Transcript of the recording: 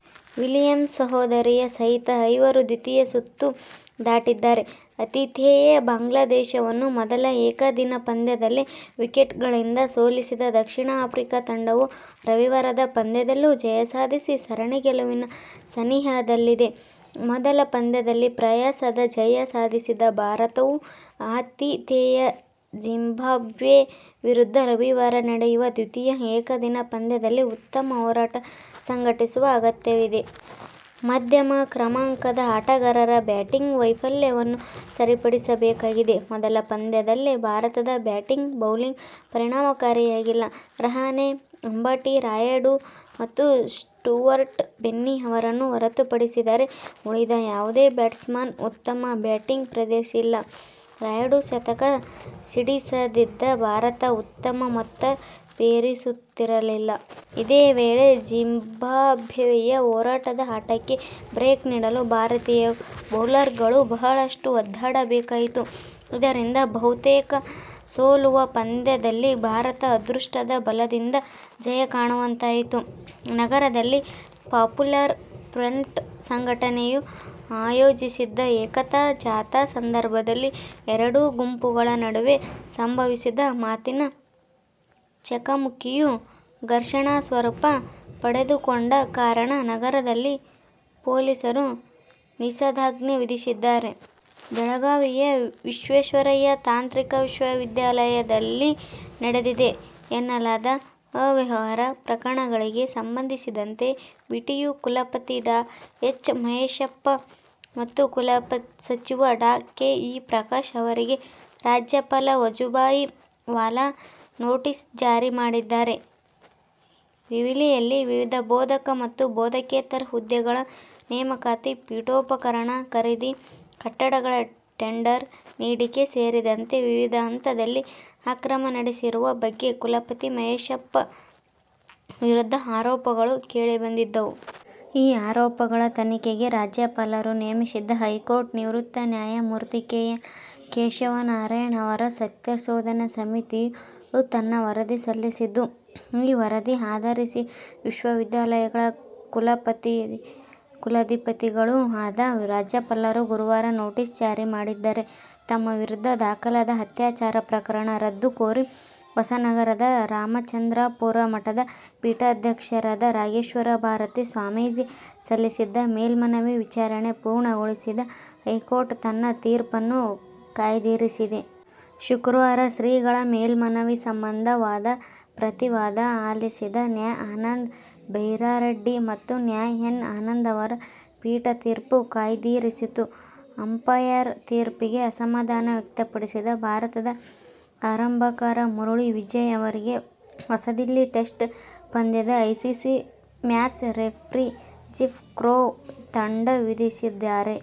Williams ಸೋದರಿಯರ ಸಹಿತ ಐವರು ದ್ವಿತೀಯ ಸುತ್ತು ದಾಟಿದ್ದಾರೆ. ಆತಿಥೇಯ ಬಾಂಗ್ಲಾದೇಶವನ್ನು ಮೊದಲ ಏಕದಿನ ಪಂದ್ಯದಲ್ಲಿ ವಿಕೆಟ್ಗಳಿಂದ ಸೋಲಿಸಿದ ದಕ್ಷಿಣ ಆಫ್ರಿಕಾ ತಂಡವು ರವಿವಾರದ ಪಂದ್ಯದಲ್ಲೂ ಜಯ ಸಾಧಿಸಿ ಸರಣಿ ಗೆಲುವಿನ ಸನಿಹದಲ್ಲಿದೆ. ಮೊದಲ ಪಂದ್ಯದಲ್ಲಿ ಪ್ರಯಾಸದ ಜಯ ಸಾಧಿಸಿದ ಭಾರತವು ಆತಿಥೇಯ ಜಿಂಬಾಬ್ವೆ ವಿರುದ್ಧ ರವಿವಾರ ನಡೆಯುವ ದ್ವಿತೀಯ ಏಕದಿನ ಪಂದ್ಯದಲ್ಲಿ ಉತ್ತಮ ಹೋರಾಟ ಸಂಘಟಿಸುವ ಅಗತ್ಯವಿದೆ. ಮಧ್ಯಮ ಕ್ರಮಾಂಕದ ಆಟಗಾರರ ಬ್ಯಾಟಿಂಗ್ ವೈಫಲ್ಯವನ್ನು ಸರಿಪಡಿಸಬೇಕಾಗಿದೆ. ಮೊದಲ ಪಂದ್ಯದಲ್ಲಿ ಭಾರತದ ಬ್ಯಾಟಿಂಗ್, ಬೌಲಿಂಗ್ ಪರಿಣಾಮಕಾರಿಯಾಗಿಲ್ಲ. ರಹಾನೆ. ಅಂಬಾಟಿ ರಾಯುಡು ಮತ್ತು ಸ್ಟುವರ್ಟ್ ಬಿನ್ನಿ ಅವರನ್ನು ಹೊರತುಪಡಿಸಿದರೆ ಉಳಿದ ಯಾವುದೇ ಬ್ಯಾಟ್ಸ್ಮನ್ ಉತ್ತಮ ಬ್ಯಾಟಿಂಗ್ ಪ್ರದರ್ಶಿಸಿಲ್ಲ. ರಾಯುಡು ಶತಕ ಸಿಡಿಸದಿದ್ದರೆ ಭಾರತ ಉತ್ತಮ ಮೊತ್ತ ಪೇರಿಸುತ್ತಿರಲಿಲ್ಲ. ಇದೇ ವೇಳೆ ಜಿಂಬಾಬ್ವೆಯ ಹೋರಾಟದ ಆಟಕ್ಕೆ ಬ್ರೇಕ್ ನೀಡಲು ಭಾರತೀಯ ಬೌಲರ್ಗಳು ಬಹಳಷ್ಟು ಒದ್ದಾಡಬೇಕಾಯಿತು. ಇದರಿಂದ ಬಹುತೇಕ ಸೋಲುವ ಪಂದ್ಯದಲ್ಲಿ ಭಾರತ ಅದೃಷ್ಟದ ಬಲದಿಂದ ಜಯ ಕಾಣುವಂತಾಯಿತು. ನಗರದಲ್ಲಿ ಪಾಪ್ಯುಲರ್ ಫ್ರಂಟ್ ಸಂಘಟನೆಯು ಆಯೋಜಿಸಿದ್ದ ಏಕತಾ ಜಾಥಾ ಸಂದರ್ಭದಲ್ಲಿ ಎರಡು ಗುಂಪುಗಳ ನಡುವೆ ಸಂಭವಿಸಿದ ಮಾತಿನ ಚಕಮಕಿಯು ಘರ್ಷಣಾ ಸ್ವರೂಪ ಪಡೆದುಕೊಂಡ ಕಾರಣ ನಗರದಲ್ಲಿ ಪೊಲೀಸರು ನಿಷೇದಾಜ್ಞೆ ವಿಧಿಸಿದ್ದಾರೆ. ಬೆಳಗಾವಿಯ ವಿಶ್ವೇಶ್ವರಯ್ಯ ತಾಂತ್ರಿಕ ವಿಶ್ವವಿದ್ಯಾಲಯನಲ್ಲಿ ನಡೆದಿದೆ ಎನ್ನಲಾದ ಅವ್ಯವಹಾರ ಪ್ರಕರಣಗಳಿಗೆ ಸಂಬಂಧಿಸಿದಂತೆ ವಿಟಿಯು ಕುಲಪತಿ ಡಾ. ಎಚ್. ಮಹೇಶಪ್ಪ ಮತ್ತು ಕುಲಸಚಿವ ಡಾ. ಕೆ. ಇ. ಪ್ರಕಾಶ್ ಅವರಿಗೆ ರಾಜ್ಯಪಾಲ ವಜುಭಾಯಿ ವಾಲಾ ನೋಟಿಸ್ ಜಾರಿ ಮಾಡಿದ್ದಾರೆ. ವಿವಿಯಲ್ಲಿ ವಿವಿಧ ಬೋಧಕ ಮತ್ತು ಬೋಧಕೇತರ ಹುದ್ದೆಗಳ ನೇಮಕಾತಿ, ಪೀಠೊಪಕರಣ ಖರೀದಿ, ಕಟ್ಟಡಗಳ ಟೆಂಡರ್ ನೀಡಿಕೆ ಸೇರಿದಂತೆ ವಿವಿಧ ಹಂತದಲ್ಲಿ ಅಕ್ರಮ ನಡೆಸಿರುವ ಬಗ್ಗೆ ಕುಲಪತಿ ಮಹೇಶಪ್ಪ ವಿರುದ್ಧ ಆರೋಪಗಳು ಕೇಳಿಬಂದಿದ್ದವು. ಈ ಆರೋಪಗಳ ತನಿಖೆಗೆ ರಾಜ್ಯಪಾಲರು ನೇಮಿಸಿದ್ದ ಹೈಕೋರ್ಟ್ ನಿವೃತ್ತ ನ್ಯಾಯಮೂರ್ತಿ ಕೆ. ಎನ್. ಕೇಶವನಾರಾಯಣ ಅವರ ಸತ್ಯಶೋಧನಾ ಸಮಿತಿಯು ತನ್ನ ವರದಿ ಸಲ್ಲಿಸಿದ್ದು, ಈ ವರದಿ ಆಧರಿಸಿ ವಿಶ್ವವಿದ್ಯಾಲಯಗಳ ಕುಲಾಧಿಪತಿಗಳೂ ಆದ ರಾಜ್ಯಪಾಲರು ಗುರುವಾರ ನೋಟಿಸ್ ಜಾರಿ ಮಾಡಿದ್ದಾರೆ. ತಮ್ಮ ವಿರುದ್ಧ ದಾಖಲಾದ ಅತ್ಯಾಚಾರ ಪ್ರಕರಣ ರದ್ದು ಕೋರಿ ಹೊಸನಗರದ ರಾಮಚಂದ್ರಾಪುರ ಮಠದ ಪೀಠಾಧ್ಯಕ್ಷರಾದ ರಾಘವೇಶ್ವರ ಭಾರತಿ ಸ್ವಾಮೀಜಿ ಸಲ್ಲಿಸಿದ್ದ ಮೇಲ್ಮನವಿ ವಿಚಾರಣೆ ಪೂರ್ಣಗೊಳಿಸಿದ ಹೈಕೋರ್ಟ್ ತನ್ನ ತೀರ್ಪನ್ನು ಕಾಯ್ದಿರಿಸಿದೆ. ಶುಕ್ರವಾರ ಶ್ರೀಗಳ ಮೇಲ್ಮನವಿ ಸಂಬಂಧ ವಾದ-ಪ್ರತಿವಾದ ಆಲಿಸಿದ ನ್ಯಾ. ಆನಂದ್ ಬೈರಾರೆಡ್ಡಿ ಮತ್ತು ನ್ಯಾ. ಎನ್. ಆನಂದ್ ಅವರ ಪೀಠ ತೀರ್ಪು ಕಾಯ್ದಿರಿಸಿತು. ಅಂಪಾಯರ್ ತೀರ್ಪಿಗೆ ಅಸಮಾಧಾನ ವ್ಯಕ್ತಪಡಿಸಿದ ಭಾರತದ ಆರಂಭಕಾರ ಮುರಳಿ ವಿಜಯ್ ಅವರಿಗೆ ಹೊಸದಿಲ್ಲಿ ಟೆಸ್ಟ್ ಪಂದ್ಯದ ICC match referee Jeff Crowe ದಂಡ ವಿಧಿಸಿದ್ದಾರೆ.